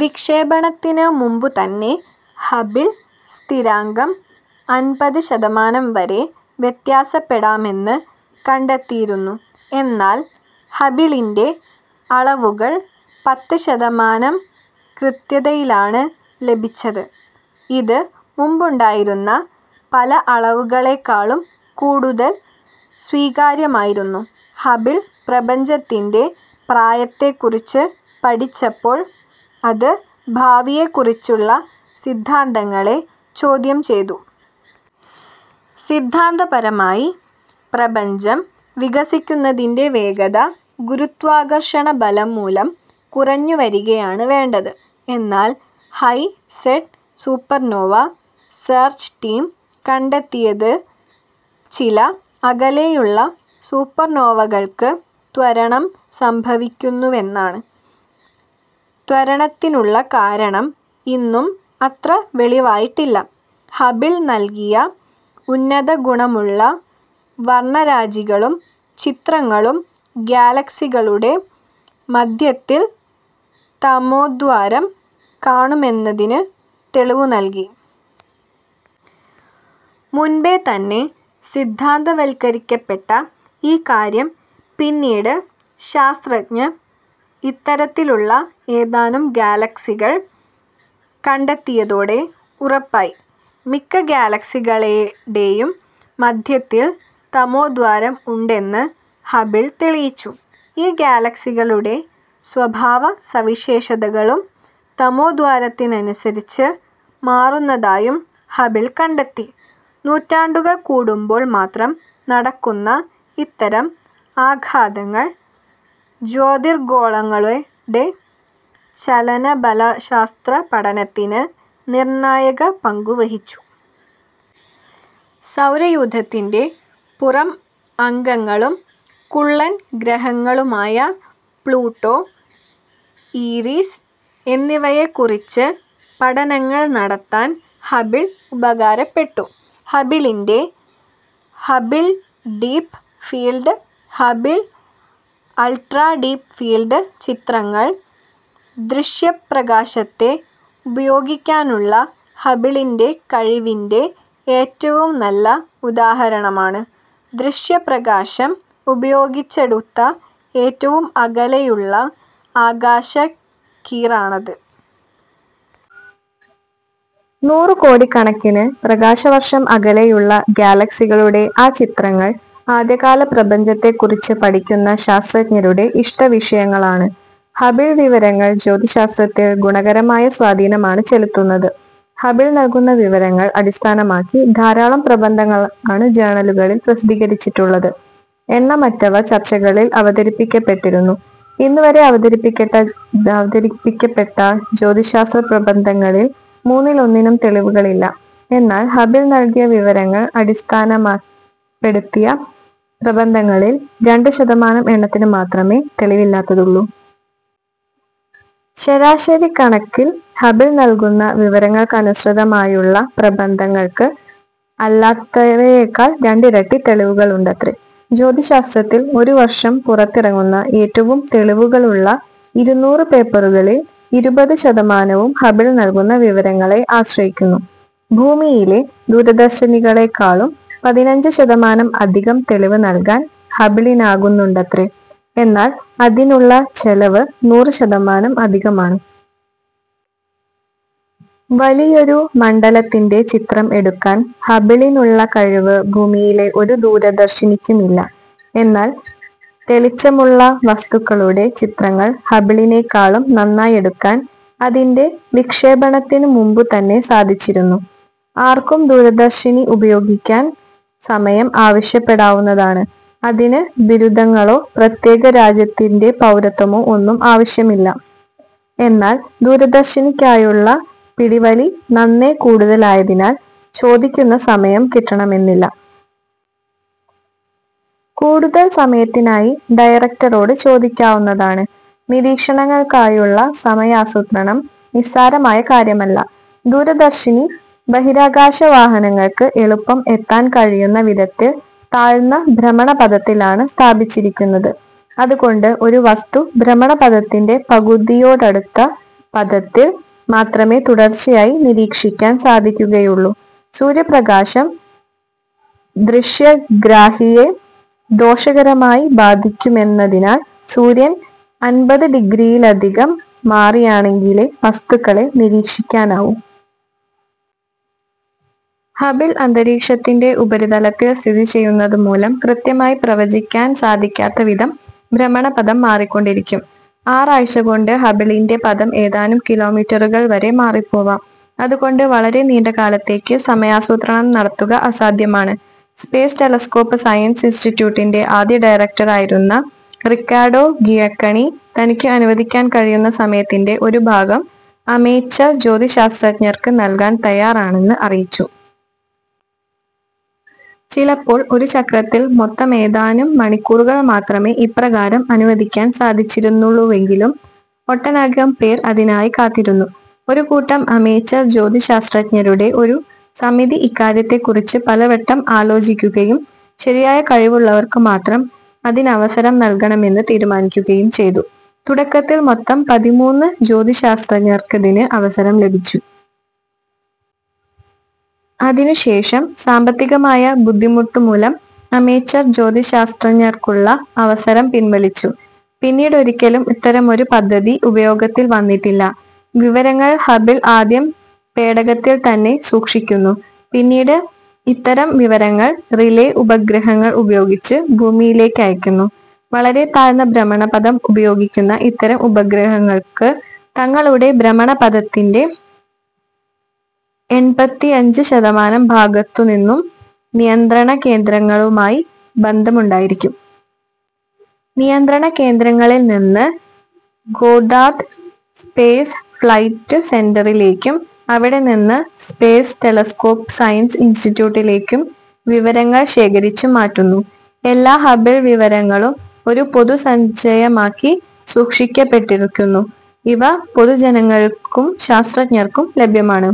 വിക്ഷേപണത്തിനു മുമ്പു തന്നെ ഹബിൾ സ്ഥിരാങ്കം അൻപത് ശതമാനം വരെ വ്യത്യാസപ്പെടാമെന്ന് കണ്ടെത്തിയിരുന്നു, എന്നാൽ ഹബിളിൻ്റെ അളവുകൾ പത്ത് ശതമാനം കൃത്യതയിലാണ് ലഭിച്ചത്. ഇത് മുമ്പുണ്ടായിരുന്ന പല അളവുകളെക്കാളും കൂടുതൽ സ്വീകാര്യമായിരുന്നു. ഹബിൾ പ്രപഞ്ചത്തിൻ്റെ പ്രായത്തെ കുറിച്ച് പഠിച്ചപ്പോൾ അത് ഭാവിയെ കുറിച്ചുള്ള സിദ്ധാന്തങ്ങളെ ചോദ്യം ചെയ്തു. സിദ്ധാന്തപരമായി പ്രപഞ്ചം വികസിക്കുന്നതിൻ്റെ വേഗത ഗുരുത്വാകർഷണ ബലം മൂലം കുറഞ്ഞു വരികയാണ് വേണ്ടത്. എന്നാൽ ഹൈ-സെഡ് സൂപ്പർനോവ സേർച്ച് ടീം കണ്ടെത്തിയത് ചില അകലെയുള്ള സൂപ്പർനോവകൾക്ക് ത്വരണം സംഭവിക്കുന്നുവെന്നാണ്. ത്വരണത്തിനുള്ള കാരണം ഇന്നും അത്ര വെളിവായിട്ടില്ല. ഹബിൾ നൽകിയ ഉന്നത ഗുണമുള്ള വർണ്ണരാജികളും ചിത്രങ്ങളും ഗാലക്സികളുടെ മധ്യത്തിൽ തമോദ്വാരം കാണുമെന്നതിന് തെളിവു നൽകി. മുൻപേ തന്നെ സിദ്ധാന്തവത്കരിക്കപ്പെട്ട ഈ കാര്യം പിന്നീട് ശാസ്ത്രജ്ഞർ ഇത്തരത്തിലുള്ള ഏതാനും ഗാലക്സികൾ കണ്ടെത്തിയതോടെ ഉറപ്പായി. മിക്ക ഗാലക്സികളുടേയും മദ്ധ്യത്തിൽ തമോദ്വാരം ഉണ്ടെന്ന് ഹബിൾ തെളിയിച്ചു. ഈ ഗാലക്സികളുടെ സ്വഭാവ സവിശേഷതകളും തമോദ്വാരത്തിനനുസരിച്ച് മാറുന്നതായും ഹബിൾ കണ്ടെത്തി. നൂറ്റാണ്ടുകൾ കൂടുമ്പോൾ മാത്രം നടക്കുന്ന ഇത്തരം ആഘാതങ്ങൾ ജ്യോതിർഗോളങ്ങളുടെ ചലനബലശാസ്ത്ര പഠനത്തിലും നിർണ്ണായക പങ്കു വഹിച്ചു. സൗരയൂഥത്തിൻ്റെ പുറം അംഗങ്ങളും കുള്ളൻ ഗ്രഹങ്ങളുമായ പ്ലൂട്ടോ, ഈറിസ് എന്നിവയെ കുറിച്ചും പഠനങ്ങൾ നടത്താൻ ഹബിൾ ഉപകാരപ്പെട്ടു. ഹബിളിൻ്റെ Hubble deep field, Hubble ultra deep field ചിത്രങ്ങൾ, ദൃശ്യപ്രകാശത്തെ ഉപയോഗിക്കാനുള്ള ഹബിളിൻ്റെ കഴിവിൻ്റെ ഏറ്റവും നല്ല ഉദാഹരണമാണ്. ദൃശ്യപ്രകാശം ഉപയോഗിച്ചെടുത്ത ഏറ്റവും അകലെയുള്ള ആകാശക്കീറാണത്. നൂറുകോടിക്കണക്കിന് പ്രകാശവർഷം അകലെയുള്ള ഗാലക്സികളുടെ ആ ചിത്രങ്ങൾ ആദ്യകാല പ്രപഞ്ചത്തെക്കുറിച്ച് പഠിക്കുന്ന ശാസ്ത്രജ്ഞരുടെ ഇഷ്ടവിഷയങ്ങളാണ്. ഹബിൾ വിവരങ്ങൾ ജ്യോതിശാസ്ത്രത്തിൽ ഗുണകരമായ സ്വാധീനമാണ് ചെലുത്തുന്നത്. ഹബിൾ നൽകുന്ന വിവരങ്ങൾ അടിസ്ഥാനമാക്കി ധാരാളം പ്രബന്ധങ്ങളാണ് ജേണലുകളിൽ പ്രസിദ്ധീകരിച്ചിട്ടുള്ളത്, എണ്ണമറ്റവ ചർച്ചകളിൽ അവതരിപ്പിക്കപ്പെട്ടിരിക്കുന്നു. ഇന്നുവരെ അവതരിപ്പിക്കപ്പെട്ട ജ്യോതിശാസ്ത്രപ്രബന്ധങ്ങളിൽ മൂന്നിലൊന്നിനും തെളിവുകളില്ല, എന്നാൽ ഹബിൾ നൽകിയ വിവരങ്ങൾ അടിസ്ഥാനപ്പെടുത്തിയ പ്രബന്ധങ്ങളിൽ രണ്ട് ശതമാനം എണ്ണത്തിന് മാത്രമേ തെളിവില്ലാതുള്ളൂ. ശരാശരിക്കണക്കിൽ ഹബിൾ നൽകുന്ന വിവരങ്ങൾക്കനുസൃതമായുള്ള പ്രബന്ധങ്ങൾക്ക് അല്ലാത്തവയേക്കാൾ രണ്ടിരട്ടി തെളിവുകളുണ്ടത്രേ. ജ്യോതിശാസ്ത്രത്തിൽ ഒരു വർഷം പുറത്തിറങ്ങുന്ന ഏറ്റവും തെളിവുകളുള്ള ഇരുനൂറ് പേപ്പറുകളിൽ ഇരുപത് ശതമാനവും ഹബിൾ നൽകുന്ന വിവരങ്ങളെ ആശ്രയിക്കുന്നു. ഭൂമിയിലെ ദൂരദർശിനികളേക്കാളും പതിനഞ്ച് ശതമാനം അധികം തെളിവ് നൽകാൻ ഹബിളിനാകുന്നുണ്ടത്രേ, എന്നാൽ അതിനുള്ള ചെലവ് നൂറ് ശതമാനം അധികമാണ്. വലിയൊരു മണ്ഡലത്തിൻ്റെ ചിത്രം എടുക്കാൻ ഹബിളിനുള്ള കഴിവ് ഭൂമിയിലെ ഒരു ദൂരദർശിനിക്കുമില്ല. എന്നാൽ തെളിച്ചമുള്ള വസ്തുക്കളുടെ ചിത്രങ്ങൾ ഹബിളിനേക്കാളും നന്നായെടുക്കാൻ അതിൻ്റെ വിക്ഷേപണത്തിനു മുമ്പുതന്നെ സാധിച്ചിരുന്നു. ആർക്കും ദൂരദർശിനി ഉപയോഗിക്കാൻ സമയം ആവശ്യപ്പെടാവുന്നതാണ്, അതിന് ബിരുദങ്ങളോ, പ്രത്യേക രാജ്യത്തിൻ്റെ പൗരത്വമോ ഒന്നും ആവശ്യമില്ല. എന്നാൽ ദൂരദർശിനിക്കായുള്ള പിടിവലി നന്നേ കൂടുതലായതിനാൽ ചോദിക്കുന്ന സമയം കിട്ടണമെന്നില്ല. കൂടുതൽ സമയത്തിനായി ഡയറക്ടറോട് ചോദിക്കാവുന്നതുമാണ്. നിരീക്ഷണങ്ങൾക്കായുള്ള സമയാസൂത്രണം നിസ്സാരമായ കാര്യമല്ല, ദൂരദർശിനി ബഹിരാകാശ വാഹനങ്ങൾക്ക് എളുപ്പം എത്താൻ കഴിയുന്ന വിധത്തിൽ താഴ്ന്ന ഭ്രമണപഥത്തിലാണ് സ്ഥാപിച്ചിരിക്കുന്നത്. അതുകൊണ്ട് ഒരു വസ്തു ഭ്രമണപഥത്തിൻ്റെ പകുതിയോടടുത്ത പഥത്തിൽ മാത്രമേ തുടർച്ചയായി നിരീക്ഷിക്കാൻ സാധിക്കുകയുള്ളൂ. സൂര്യപ്രകാശം ദൃശ്യഗ്രാഹിയെ ദോഷകരമായി ബാധിക്കുമെന്നതിനാൽ സൂര്യൻ അൻപത് ഡിഗ്രിയിലധികം മാറിയാണെങ്കിലേ വസ്തുക്കളെ നിരീക്ഷിക്കാനാവൂ. ഹബിൾ അന്തരീക്ഷത്തിൻ്റെ ഉപരിതലത്തിൽ സ്ഥിതി ചെയ്യുന്നതു മൂലം കൃത്യമായി പ്രവചിക്കാൻ സാധിക്കാത്ത വിധം ഭ്രമണപഥം മാറിക്കൊണ്ടിരിക്കും. ആറാഴ്ചകൊണ്ട് ഹബിളിൻ്റെ പഥം ഏതാനും കിലോമീറ്ററുകൾ വരെ മാറിപ്പോവാം, അതുകൊണ്ട് വളരെ നീണ്ടകാലത്തേക്ക് സമയാസൂത്രണം നടത്തുക അസാധ്യമാണ്. സ്പേസ് ടെലസ്കോപ് സയൻസ് ഇൻസ്റ്റിറ്റ്യൂട്ടിൻ്റെ ആദ്യ ഡയറക്ടറായിരുന്ന റിക്കാഡോ ഗിയക്കണി തനിക്ക് അനുവദിക്കാൻ കഴിയുന്ന സമയത്തിൻ്റെ ഒരു ഭാഗം അമേച്ചർ ജ്യോതിശാസ്ത്രജ്ഞർക്ക് നൽകാൻ തയ്യാറാണെന്ന് അറിയിച്ചു. ചിലപ്പോൾ ഒരു ചക്രത്തിൽ മൊത്തം ഏതാനും മണിക്കൂറുകൾ മാത്രമേ ഇപ്രകാരം അനുവദിക്കാൻ സാധിച്ചിരുന്നുള്ളൂവെങ്കിലും ഒട്ടനേകംപേർ അതിനായി കാത്തിരുന്നു. ഒരു കൂട്ടം അമേച്ചർ ജ്യോതിശാസ്ത്രജ്ഞരുടെ ഒരു സമിതി ഇക്കാര്യത്തെ കുറിച്ച് പലവട്ടം ആലോചിക്കുകയും ശരിയായ കഴിവുള്ളവർക്ക് മാത്രം ഇതിനവസരം നൽകണമെന്ന് തീരുമാനിക്കുകയും ചെയ്തു. തുടക്കത്തിൽ മൊത്തം പതിമൂന്ന് ജ്യോതിശാസ്ത്രജ്ഞർക്കിതിന് അവസരം ലഭിച്ചു. അതിനുശേഷം സാമ്പത്തികമായ ബുദ്ധിമുട്ടുമൂലം അമേച്ചർ ജ്യോതിശാസ്ത്രജ്ഞർക്കുള്ള അവസരം പിൻവലിച്ചു, പിന്നീടൊരിക്കലും ഇത്തരമൊരു പദ്ധതി പ്രയോഗത്തിൽ വന്നിട്ടില്ല. വിവരങ്ങൾ ഹബിൾ ആദ്യം പേടകത്തിൽ തന്നെ സൂക്ഷിക്കുന്നു. പിന്നീട് ഇത്തരം വിവരങ്ങൾ റിലേ ഉപഗ്രഹങ്ങൾ ഉപയോഗിച്ച് ഭൂമിയിലേക്കയക്കുന്നു. വളരെ താഴ്ന്ന ഭ്രമണപഥം ഉപയോഗിക്കുന്ന ഇത്തരം ഉപഗ്രഹങ്ങൾക്ക് തങ്ങളുടെ ഭ്രമണപഥത്തിൻ്റെ എൺപത്തിയഞ്ച് ശതമാനം ഭാഗത്തു നിന്നും നിയന്ത്രണകേന്ദ്രവുമായി ബന്ധമുണ്ടായിരിക്കും. നിയന്ത്രണകേന്ദ്രങ്ങളിൽ നിന്ന് ഗോദ്ദാർദ് സ്പേസ് ഫ്ലൈറ്റ് സെന്ററിലേക്കും അവിടേനിന്ന് സ്പേസ് ടെലസ്കോപ് സയൻസ് ഇൻസ്റ്റിറ്റ്യൂട്ടിലേക്കും വിവരങ്ങൾ ശേഖരിച്ച് മാറ്റുന്നു. എല്ലാ ഹബിൾ വിവരങ്ങളും ഒരു പൊതുസഞ്ചയമാക്കി സൂക്ഷിക്കപ്പെട്ടിരിക്കുന്നു, അവ പൊതുജനങ്ങൾക്കും ശാസ്ത്രജ്ഞർക്കും ലഭ്യമാണ്.